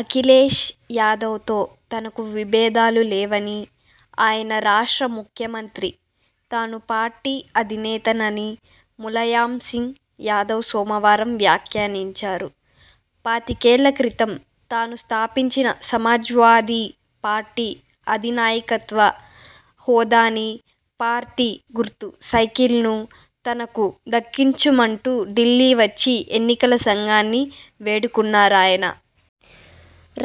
అఖిలేష్ యాదవ్తో తనకు విభేదాలు లేవనీ, ఆయన రాష్ట్ర ముఖ్యమంత్రి, తాను పార్టీ అధినేతనని ములాయం సింగ్ యాదవ్ సోమవారం వ్యాఖ్యానించారు. పాతికేళ్ళ క్రితం తాను స్థాపించిన సమాజ్వాదీ పార్టీ అధినాయకత్వ హోదానీ, పార్టీ గుర్తు సైకిల్నూ తనకు దక్కించమంటూ ఢిల్లీ వచ్చి ఎన్నికల సంఘాన్ని వేడుకున్నారాయన.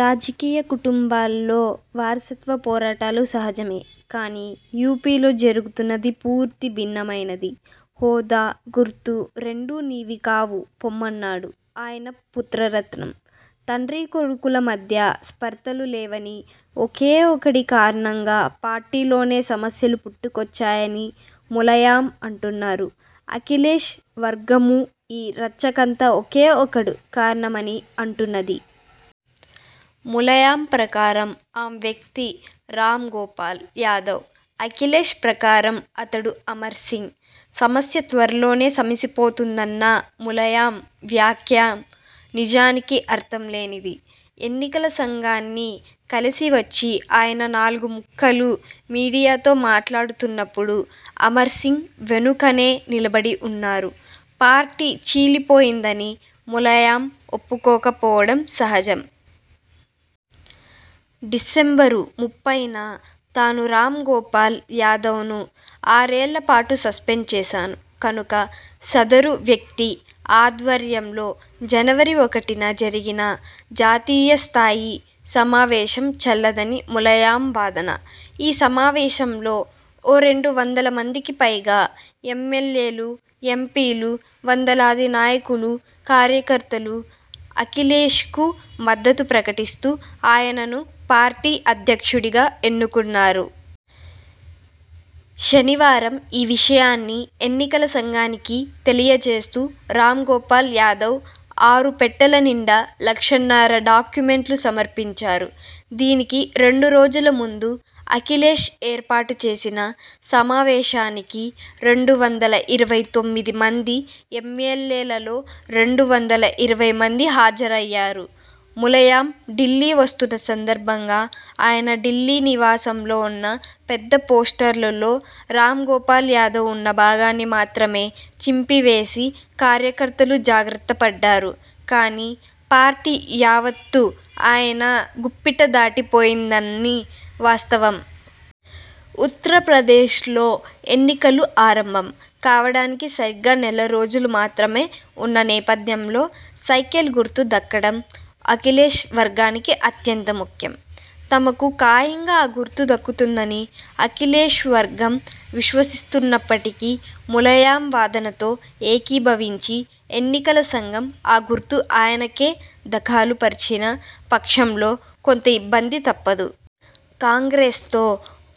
రాజకీయ కుటుంబాల్లో వారసత్వ పోరాటాలు సహజమే కానీ, యూపీలో జరుగుతున్నది పూర్తి భిన్నమైనది. హోదా, గుర్తు రెండూ నీవి కావు పొమ్మన్నాడు ఆయన పుత్రరత్నం. తండ్రీకొడుకుల మధ్య స్పర్థలు లేవనీ, ఒకే ఒక్కడి కారణంగా పార్టీలోనే సమస్యలు పుట్టుకొచ్చాయని ములాయం అంటున్నారు. అఖిలేష్ వర్గమూ ఈ రచ్చకంతా ఒకే ఒక్కడు కారణమని అంటున్నది. ములాయం ప్రకారం ఆ వ్యక్తి రామ్గోపాల్ యాదవ్. అఖిలేష్ ప్రకారం అతడు అమర్సింగ్. సమస్య త్వరలోనే సమసిపోతుందన్న ములాయం వ్యాఖ్య నిజానికి అర్థంలేనిది. ఎన్నికల సంఘాన్ని కలిసి వచ్చి ఆయన నాలుగు ముక్కలు మీడియాతో మాట్లాడుతున్నప్పుడు అమర్సింగ్ వెనుకనే నిలబడి ఉన్నారు. పార్టీ చీలిపోయిందని ములాయం ఒప్పుకోక పోవడం సహజం. డిసెంబరు ముప్పైన తాను రామ్గోపాల్ యాదవ్ను ఆరేళ్ళ పాటు సస్పెండు చేశాను కనుక, సదరు వ్యక్తి ఆధ్వర్యంలో జనవరి ఒకటిన జరిగిన జాతీయ స్థాయి సమావేశం చెల్లదని ములాయం వాదన. ఈ సమావేశంలో ఓ రెండు వందల మందికి పైగా ఎమ్మెల్యేలూ, ఎంపీలు, వందలాది నాయకులూ కార్యకర్తలూ అఖిలేష్కు మద్దతు ప్రకటిస్తూ, ఆయనను పార్టీ అధ్యక్షుడిగా ఎన్నుకున్నారు. శనివారం ఈ విషయాన్ని ఎన్నికల సంఘానికి తెలియచేస్తూ రామ్గోపాల్ యాదవ్ ఆరు పెట్టెల నిండా లక్షన్నర డాక్యుమెంట్లు సమర్పించారు. దీనికి రెండు రోజుల ముందు అఖిలేష్ ఏర్పాటుచేసిన సమావేశానికి రెండు వందల ఇరవై తొమ్మిది మంది ఎమ్మెల్యేలలో రెండు వందల ఇరవై మంది హాజరయ్యారు. ములాయం ఢిల్లీ వస్తున్న సందర్భంగా ఆయన ఢిల్లీ నివాసంలో ఉన్న పెద్ద పోస్టర్లో రామ్గోపాల్ యాదవ్ ఉన్న భాగాన్ని మాత్రమే చింపివేసి కార్యకర్తలు జాగ్రత్త పడ్డారు కానీ, పార్టీ యావత్తూ ఆయన గుప్పిట దాటి పోయిందన్నది వాస్తవం. ఉత్తరప్రదేశ్లో ఎన్నికలు ఆరంభం కావడానికి సరిగ్గా నెల రోజులు మాత్రమే ఉన్న నేపథ్యంలో, సైకిల్ గుర్తు దక్కడం అఖిలేష్ వర్గానికి అత్యంత ముఖ్యం. తమకు ఖాయంగా ఆ గుర్తు దక్కుతుందని అఖిలేష్వర్గం విశ్వసిస్తున్నప్పటికీ, ములాయం వాదనతో ఏకీభవించి ఎన్నికల సంఘం ఆ గుర్తు ఆయనకే దఖలు పరచిన పక్షంలో కొంత ఇబ్బంది తప్పదు. కాంగ్రెస్తో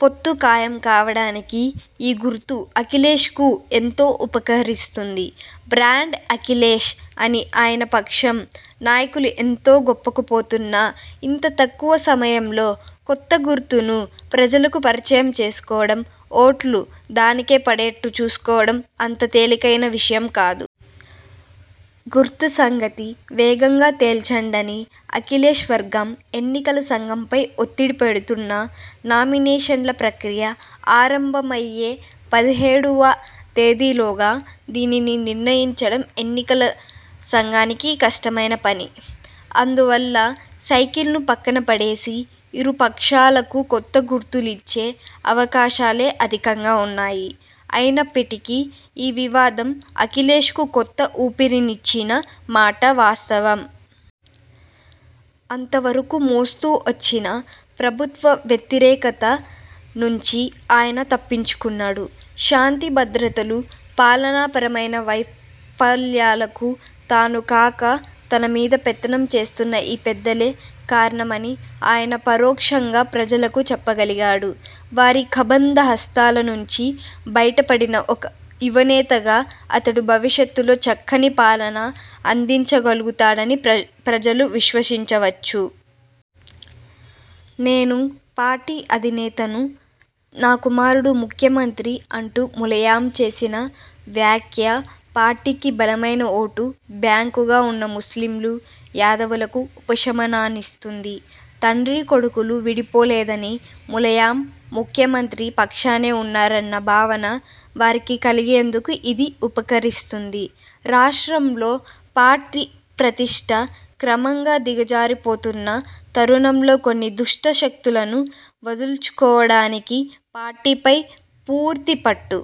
పొత్తు ఖాయం కావడానికి ఈ గుర్తు అఖిలేష్కు ఎంతో ఉపకరిస్తుంది. 'బ్రాండ్ అఖిలేష్' అని ఆయన పక్షం నాయకులు ఎంత గొప్పకు పోతున్నా, ఇంత తక్కువ సమయంలో కొత్త గుర్తును ప్రజలకు పరిచయం చేసుకోవడం, ఓట్లు దానికే పడేట్టు చూసుకోవడం అంత తేలికైన విషయం కాదు. గుర్తు సంగతి వేగంగా తేల్చండని అఖిలేష్ వర్గం ఎన్నికల సంఘంపై ఒత్తిడి పెడుతున్నా, నామినేషన్ల ప్రక్రియ ఆరంభమయ్యే పదిహేడువ తేదీలోగా దీనిని నిర్ణయించడం ఎన్నికల సంఘానికి కష్టమైన పని. అందువల్ల, సైకిల్ను పక్కన పడేసి, ఇరు పక్షాలకూ కొత్త గుర్తులిచ్చే అవకాశాలే అధికంగా ఉన్నాయి. అయినప్పటికీ, ఈ వివాదం అఖిలేష్కు కొత్త ఊపిరినిచ్చిన మాట వాస్తవం. అంతవరకూ మోస్తూ వచ్చిన ప్రభుత్వ వ్యతిరేకత నుంచి ఆయన తప్పించుకున్నాడు. శాంతి భద్రతలు, పాలనాపరమైన వైఫల్యాలకు తాను కాక, తనమీద పెత్తనం చేస్తున్న ఈ పెద్దలే కారణమని ఆయన పరోక్షంగా ప్రజలకు చెప్పగలిగాడు. వారి కబంధహస్తాల నుంచి బయట పడిన ఒక యువనేతగా అతడు భవిష్యత్తులో చక్కని పాలన అందించగలుగుతాడని ప్రజలు విశ్వసించవచ్చు. నేను పార్టీ అధినేతను, నా కుమారుడు ముఖ్యమంత్రి అంటూ ములాయం చేసిన వ్యాఖ్య పార్టీకి బలమైన ఓటు బ్యాంకుగా ఉన్న ముస్లింలు, యాదవులకు ఉపశమనాన్నిస్తుంది. తండ్రీకొడుకులు విడిపోలేదనీ, ములాయం ముఖ్యమంత్రి పక్షానే ఉన్నారన్న భావన వారికి కలిగేందుకు ఇది ఉపకరిస్తుంది. రాష్ట్రంలో పార్టీ ప్రతిష్ఠ క్రమంగా దిగజారిపోతున్న తరుణంలో కొన్ని దుష్ట శక్తులను వదల్చుకోవడానికీ, పార్టీపై పూర్తి పట్టు